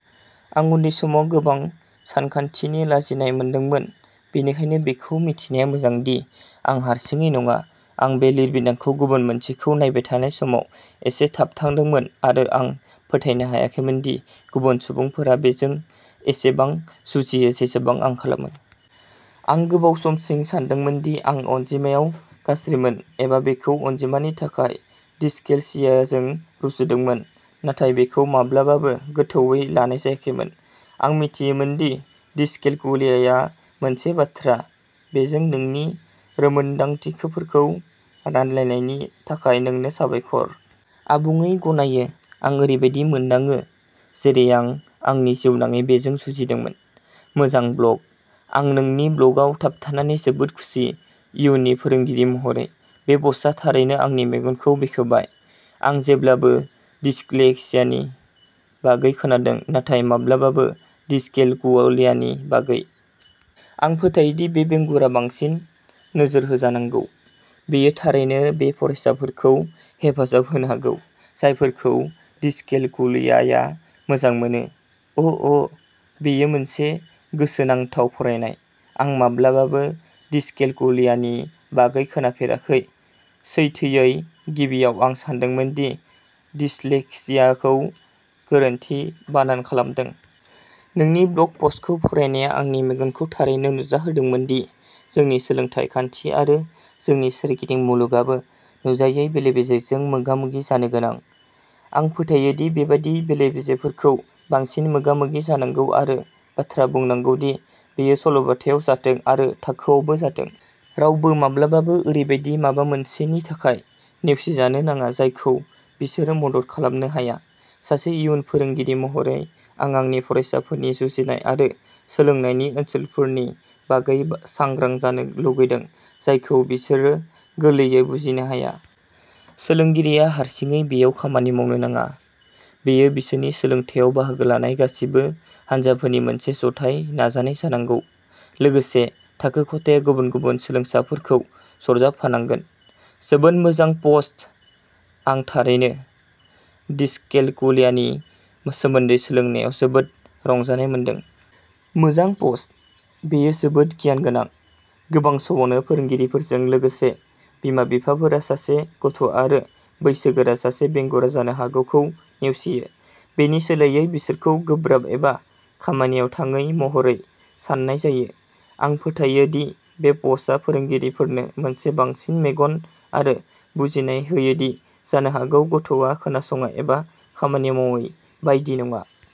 आं उन्दै समाव गोबां सानखान्थिनि लाजिनाय मोनदोंमोन, बेनिखायनो बेखौ मिथिनाया मोजां दि आं हारसिङै नङा। आं बे लिरबिदांखौ गुबुन मोनसेखौ नायबाय थानाय समाव एसे थाबथादोंमोन-आरो आं फोथायनो हायाखैमोन दि गुबुन सुबुंफोरा बेजों एसेबां जुजियो जेसेबां आं खालामो। आं गोबाव समसिम सानदोंमोन दि आं अनजिमायाव गाज्रिमोन, एबा बेखौ अनजिमानि थाखाय डिस्लेक्सियाजों रुजुदोंमोन, नाथाय बेखौ माब्लाबाबो गोथौवै लानाय जायाखैमोन। आं मिथियामोन दि डिसकेलकुलियाया मोनसे बाथ्रा! बेजों नोंनि रोंमोनदांथिफोरखौ रानलायनायनि थाखाय नोंनो साबायखर! आबुङै गनायो। आं ओरैबायदि मोनदाङो जेरै आं आंनि जिउनाङै बेजों जुजिदोंमोन। मोजां ब्लग! आं नोंनि ब्लगआव थाबथानानै जोबोद खुसि। इयुननि फोरोंगिरि महरै, बे पस्टआ थारैनो आंनि मेगनखौ बेखेवबाय। आं जेब्लाबो डिस्लेक्सियानि बागै खोनादों, नाथाय माब्लाबाबो डिसकेलकुलियानि बागै। आं फोथायो दि बे बेंगुरा बांसिन नोजोर होजानांगौ, बेयो थारैनो बै फरायसाफोरखौ हेफाजाब होनो हागौ जायफोरखौ डिसकेलकुलियाया मोजां मोनो। अ'अ, बेयो मोनसे गोसोनांथाव फरायनाय। आं माब्लाबाबो डिसकेलकुलियानि बागै खोनाफेराखै, सैथोयै, गिबियाव, आं सानदोंमोन दि नों डिस्लेक्सियाखौ गोरोन्थि बानान खालामदों। नोंनि ब्लग पस्टखौ फरायनाया आंनि मेगनखौ थारैनो नुजाहोदोंमोन दि जोंनि सोलोंथाय खान्थि आरो जोंनि सोरगिदिं मुलुगआबो नुजायै बेले-बेजेजों मोगा-मोगि जानो गोनां। आं फोथायो दि बेबादि बेले-बेजेफोरखौ बांसिन मोगा-मोगि जानांगौ आरो बाथ्रा बुंनांगौ दि बेयो सल'बाथायाव जाथों आरो थाखोआवबो जाथों। रावबो माब्लाबाबो ओरैबायदि माबा मोनसेनि थाखाय नेवसिजानो नाङा जायखौ बिसोरो मदद खालामनो हाया। सासे इयुन फोरोंगिरि महरै, आं आंनि फरायसाफोरनि जुजिनाय आरो सोलोंनायनि ओनसोलफोरनि बागै सांग्रां जानो लुगैदों जायखौ बिसोरो गोरलैयै बुजिनो हाया। सोलोंगिरिया हारसिङै बेयाव खामानि मावनो नाङा, बेयो बिसोरनि सोलोंथायाव बाहागो लानाय गासिबो हानजाफोरनि मोनसे जथाय नाजानाय जानांगौ। लोगोसे, थाखो खथाया गुबुन-गुबुन सोलोंसाफोरखौ सरजाबफानांगोन। जोबोद मोजां पस्ट, आं थारैनो। डिसकेलकुलियानि सोमोन्दै सोलोंनायाव जोबोद रंजानाय मोनदों। मोजां पस्ट! बेयो जोबोद गियान गोनां। गोबां समावनो फोरोंगिरिफोरजों लोगोसे बिमा-बिफाफोरा सासे गथ'आरो ा बैसोगोरा सासे बेंगुरा जानो हागौखौ नेवसियो। बेनि सोलायै बिसोरखौ गोब्राब एबा खामानियाव थाङै महरै साननाय जायो, आं फोथायो दि बे पस्टआ फोरोंगिरिफोरनो मोनसे बांसिन मेगन आरो बुजिनाय होयो दि जानो हागौ गथ'आ खोनासङा एबा खामानि मावै बायदि नङा।